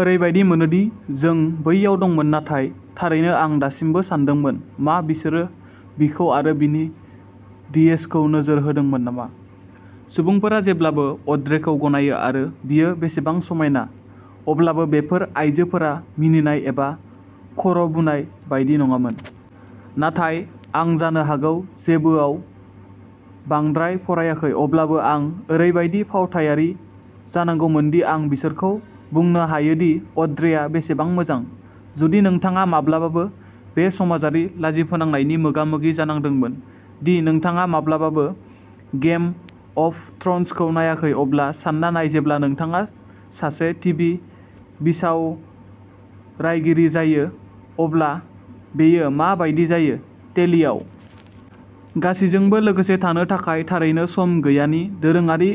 ओरैबायदि मोनो दि जों बैयाव दंमोन, नाथाय थारैनो आं दासिमबो सानदोंमोन... मा बिसोरो बिखौ आरो बिनि डिएसखौ नोजोर होदोंमोन नामा? सुबुंफोरा जेब्लाबो अड्रेखौ गनायो आरो बियो बेसेबां समायना, अब्लाबो बेफोर आइजोफोरा मिनिनाय एबा खर'बुनाय बायदि नङामोन... नाथाय आं जानो हागौ जेबोआव बांद्राय फरायाखै। अब्लाबो, आं ओरैबायदि फावथायारि जानांगौमोन दि आं बिसोरखौ बुंनो हायोदि अड्रेआ बेसेबां मोजां! जुदि नोंथाङा माब्लाबाबो बे समाजारि लाजिफोनांनायनि मोगा-मोगि जानांदोंमोन दि नोंथाङा माब्लाबाबो गेम अफ थ्र'न्स खौ नायाखै, अब्ला सानना नाय जेब्ला नोंथाङा सासे टिभि बिसावरायगिरि जायो, अब्ला बेयो मा बायदि जायो।'टेलिआव गासिजोंबो लोगोसे थानो थाखाय थारैनो सम गैया'नि दोरोङारि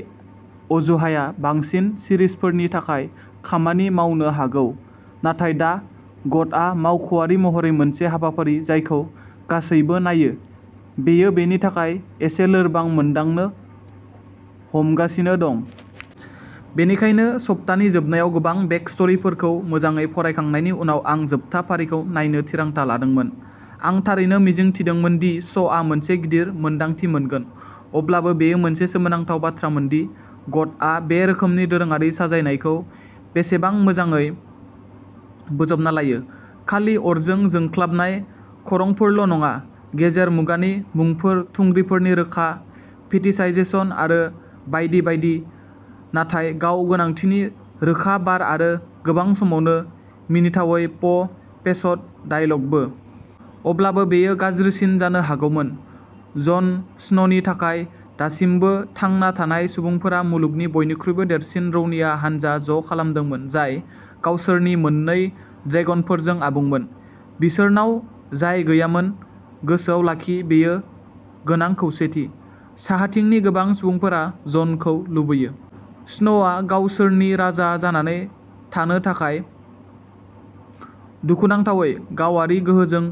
अजुहाया बांसिन सिरिजफोरनि थाखाय खामानि मावनो हागौ। नाथाय दा ग'टआ मावख'आरि महरै मोनसे हाबाफारि जायखौ गासैबो नायो, बेयो बेनि थाखाय एसे लोरबां मोनदांनो हमगासिनो दं। बेनिखायनो, सप्तानि जोबनायाव गोबां बेकस्ट'रिफोरखौ मोजाङै फरायखांनायनि उनाव, आं जोबथा फारिखौ नायनो थिरांथा लादोंमोन। आं थारैनो मिजिं थिदोंमोन दि श'आ मोनसे गिदिर मोनदांथि मोनगोन। अब्लाबो, बेयो मोनसे सोमोनांथाव बाथ्रामोन दि ग'टआ बे रोखोमनि दोरोङारि साजायनायखौ बेसेबां मोजाङै बोजबना लायोः खालि अरजों जोंख्लाबनाय खरंफोरल'नङा, गेजेर मुगानि मुंफोर, थुंग्रिफोरनि रोखा फेटिशाइजेशन आरो बायदि बायदि, नाथाय गाव-गोनांथिनि रोखा बार आरो गोबां समावनो मिनिथावै प'- फेसड डायलगबो। अब्लाबो, बेयो गाज्रिसिन जानो हागौमोन। जन स्न'नि थाखाय, दासिमबो थांना थानाय सुबुंफोरा'मुलुगनि बयनिख्रुइबो देरसिन रौनिया हानजा'ज'खालामदोंमोन, जाय गावसोरनि मोननै ड्रेगनफोरजों आबुंमोन। बिसोरनाव जाय गैयामोन, गोसोआव लाखि, बेयो गोनां खौसेथि। साहाथिंनि गोबां सुबुंफोरा जनखौ लुबैयो। स्नोआ गावसोरनि राजा जानानै थानो थाखाय। दुखुनांथावै, गावारि गोहोजों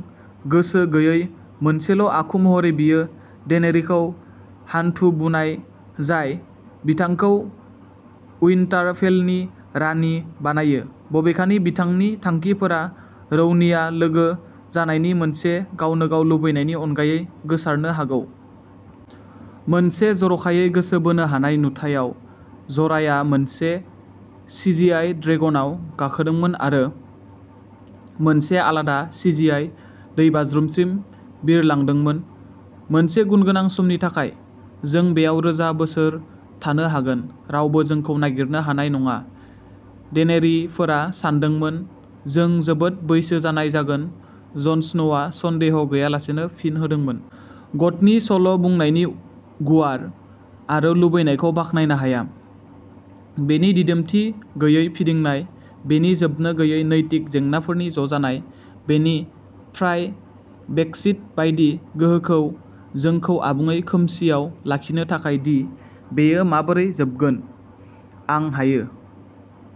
गोसो गैयै मोनसेल'आखु महरै, बियो डेनेरिखौ'हान्थु बुनाय ', जाय बिथांखौ उइन्टारफेलनि रानि बानायो-बबेखानि बिथांनि थांखिफोरा रौनिया लोगो जानायनि मोनसे गावनोगाव लुबैनायनि अनगायै गोसारनो हागौ। मोनसे जर'खायै गोसो बोनो हानाय नुथायाव, जराया मोनसे सिजिआइ ड्रेगनआव गाखोदोंमोन आरो मोनसे आलादा सिजिआइ दैबाज्रुमसिम बिरलांदोंमोन मोनसे गुनगोनां समनि थाखाय।'जों बेयाव रोजा बोसोर थानो हागोन। रावबो जोंखौ नागिरनो हानाय नङा,'डेनेरिफोरा सानदोंमोन।'जों जोबोद बैसो जानाय जागोन,'जन स्नोआ सन्देह गैयालासेनो फिन होदोंमोन। ग'टनि सल'बुंनायनि गुवार आरो लुबैनायखौ बाख्नायनो हायाः बेनि दिदोमथि गैयै फिदिंनाय, बेनि जोबनो गैयै नैतिक जेंनाफोरनि ज'जानाय, बेनि फ्राय ब्रेक्सिट बायदि गोहोखौ जोंखौ आबुङै खोमसिआव लाखिनो थाखाय दि बेयो माबोरै जोबगोन। आं हायो।